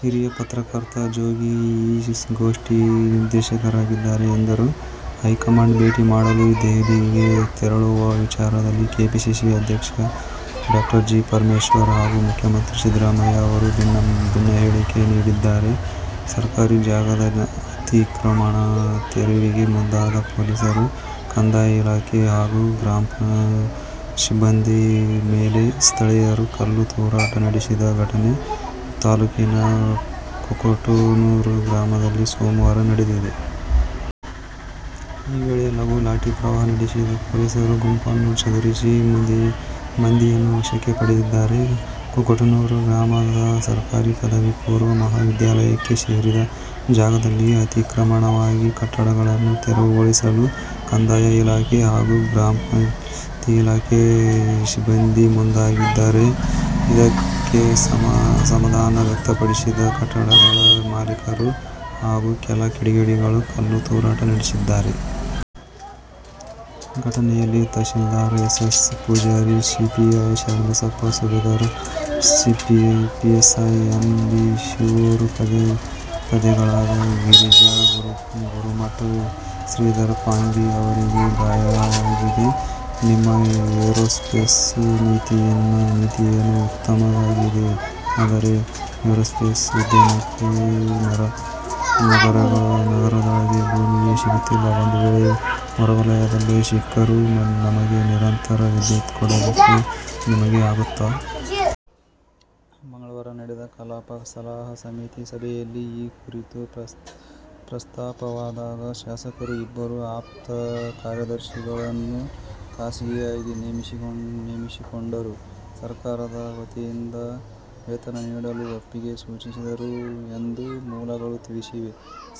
ಹಿರಿಯ ಪತ್ರಕರ್ತ ಜೋಗಿ ಈ ಗೋಷ್ಠಿಯ ನಿರ್ದೇಶಕರಾಗಿದ್ದಾರೆ ಎಂದರು. ಹೈಕಮಾಂಡ್ ಭೇಟಿ ಮಾಡಲು ದೆಹಲಿಗೆ ತೆರಳುವ ವಿಚಾರದಲ್ಲಿ ಕೆಪಿಸಿಸಿ ಅಧ್ಯಕ್ಷ ಡಾ. ಜಿ. ಪರಮೇಶ್ವರ್ ಹಾಗೂ ಮುಖ್ಯಮಂತ್ರಿ ಸಿದ್ದರಾಮಯ್ಯ ಅವರು ಭಿನ್ನ ಹೇಳಿಕೆ ನೀಡಿದ್ದಾರೆ. ಸರ್ಕಾರಿ ಜಾಗದ ಅತಿಕ್ರಮಣ ತೆರವಿಗೆ ಮುಂದಾದ ಪೊಲೀಸರು, ಕಂದಾಯ ಇಲಾಖೆ ಹಾಗೂ ಗ್ರಾಪಂ ಸಿಬ್ಬಂದಿ ಮೇಲೆ ಸ್ಥಳೀಯರು ಕಲ್ಲು ತೂರಾಟ ನಡೆಸಿದ ಘಟನೆ ತಾಲೂಕಿನ ಕೊಕಟನೂರ ಗ್ರಾಮದಲ್ಲಿ ಸೋಮವಾರ ನಡೆದಿದೆ. ಈ ವೇಳೆ ಲಘು ಲಾಠಿ ಪ್ರಹಾರ ನಡೆಸಿದ ಪೊಲೀಸರು ಗುಂಪನ್ನು ಚದುರಿಸಿ, ಮಂದಿಯನ್ನು ವಶಕ್ಕೆ ಪಡೆದಿದ್ದಾರೆ. ಕೊಕಟನೂರು ಗ್ರಾಮದ ಸರ್ಕಾರಿ ಪದವಿ ಪೂರ್ವ ಮಹಾವಿದ್ಯಾಲಯಕ್ಕೆ ಸೇರಿದ ಜಾಗದಲ್ಲಿ ಅತಿಕ್ರಮಣವಾಗಿ ಕಟ್ಟಡಗಳನ್ನು ತೆರವುಗೊಳಿಸಲು ಕಂದಾಯ ಇಲಾಖೆ ಹಾಗೂ ಗ್ರಾಪಂ ಇಲಾಖೆ ಸಿಬ್ಬಂದಿ ಮುಂದಾಗಿದ್ದಾರೆ. ಇದಕ್ಕೆ ಅಸಮಾಧಾನ ವ್ಯಕ್ತಪಡಿಸಿದ ಕಟ್ಟಡಗಳ ಮಾಲೀಕರು ಹಾಗೂ ಕೆಲ ಕಿಡಿಗೇಡಿಗಳು ಕಲ್ಲು ತೂರಾಟ ನಡೆಸಿದ್ದಾರೆ. ಘಟನೆಯಲ್ಲಿ tahsildar S. S. Pujari, CPI Sharanabasappa ಸುಬೇದಾರ, ಪಿಎಸ್ಐ ಎನ್. ಬಿ. ಶಿವೂರ, ಪೇದೆಗಳಾದ ಗಿರಿಜಾ ಗುರುಮಠ, ಶ್ರೀಧರ ಪಾಂಗಿ ಅವರಿಗೆ ಗಾಯವಾಗಿದೆ. ನಿಮ್ಮ ಏರೋಸ್ಪೇಸ್ ನೀತಿಯೇನೋ ಉತ್ತಮವಾಗಿದೆ. ಆದರೆ, ಏರೋಸ್ಪೇಸ್ ಉದ್ಯಮಕ್ಕೆ ನಗರದೊಳಗೆ ಭೂಮಿಯೇ ಸಿಗುತ್ತಿಲ್ಲ. ಒಂದು ವೇಳೆ ಹೊರವಲಯದಲ್ಲೇ ಸಿಕ್ಕರೂ ನಮಗೆ ನಿರಂತರ ವಿದ್ಯುತ್ ಕೊಡಲಿಕ್ಕೆ ನಿಮಗೆ ಆಗುತ್ತಾ? ಮಂಗಳವಾರ ನಡೆದ ಕಲಾಪ ಸಲಹಾ ಸಮಿತಿ ಸಭೆಯಲ್ಲಿ ಈ ಕುರಿತು ಪ್ರಸ್ತಾಪವಾದಾಗ, ಶಾಸಕರು ಇಬ್ಬರು ಆಪ್ತ ಕಾರ್ಯದರ್ಶಿಗಳನ್ನು ಖಾಸಗಿಯಾಗಿ ನೇಮಿಸಿಕೊಂಡರೂ ಸರ್ಕಾರದ ವತಿಯಿಂದ ವೇತನ ನೀಡಲು ಒಪ್ಪಿಗೆ ಸೂಚಿಸಿದರು ಎಂದು ಮೂಲಗಳು ತಿಳಿಸಿವೆ.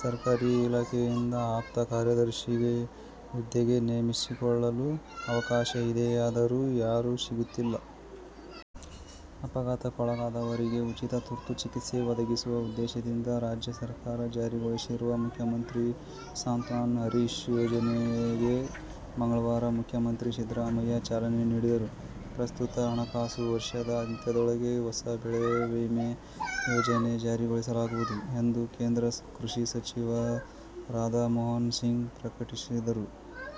ಸರ್ಕಾರಿ ಇಲಾಖೆಯಿಂದ ಆಪ್ತ ಕಾರ್ಯದರ್ಶಿ ಹುದ್ದೆಗೆ ನೇಮಿಸಿಕೊಳ್ಳಲು ಅವಕಾಶ ಇದೆಯಾದರೂ ಯಾರೂ ಸಿಗುತ್ತಿಲ್ಲ. ಅಪಘಾತಕ್ಕೊಳಗಾದವರಿಗೆ ಉಚಿತ ತುರ್ತು ಚಿಕಿತ್ಸೆ ಒದಗಿಸುವ ಉದ್ದೇಶದಿಂದ ರಾಜ್ಯ ಸರ್ಕಾರ ಜಾರಿಗೊಳಿಸಿರುವ "ಮುಖ್ಯಮಂತ್ರಿ ಸಾಂತ್ವನ ಹರೀಶ್ ಯೋಜನೆಗೆ"ಗೆ ಮಂಗಳವಾರ ಮುಖ್ಯಮಂತ್ರಿ ಸಿದ್ದರಾಮಯ್ಯ ಚಾಲನೆ ನೀಡಿದರು. ಪ್ರಸ್ತುತ ಹಣಕಾಸು ವರ್ಷದ ಅಂತ್ಯದೊಳಗೆ ಹೊಸ ಬೆಳೆ ವಿಮಾ ಯೋಜನೆ ಜಾರಿಗೊಳಿಸಲಾಗುವುದು ಎಂದು ಕೇಂದ್ರ ಕೃಷಿ ಸಚಿವ ರಾಧಾಮೋಹನ್ ಸಿಂಗ್ ಪ್ರಕಟಿಸಿದರು.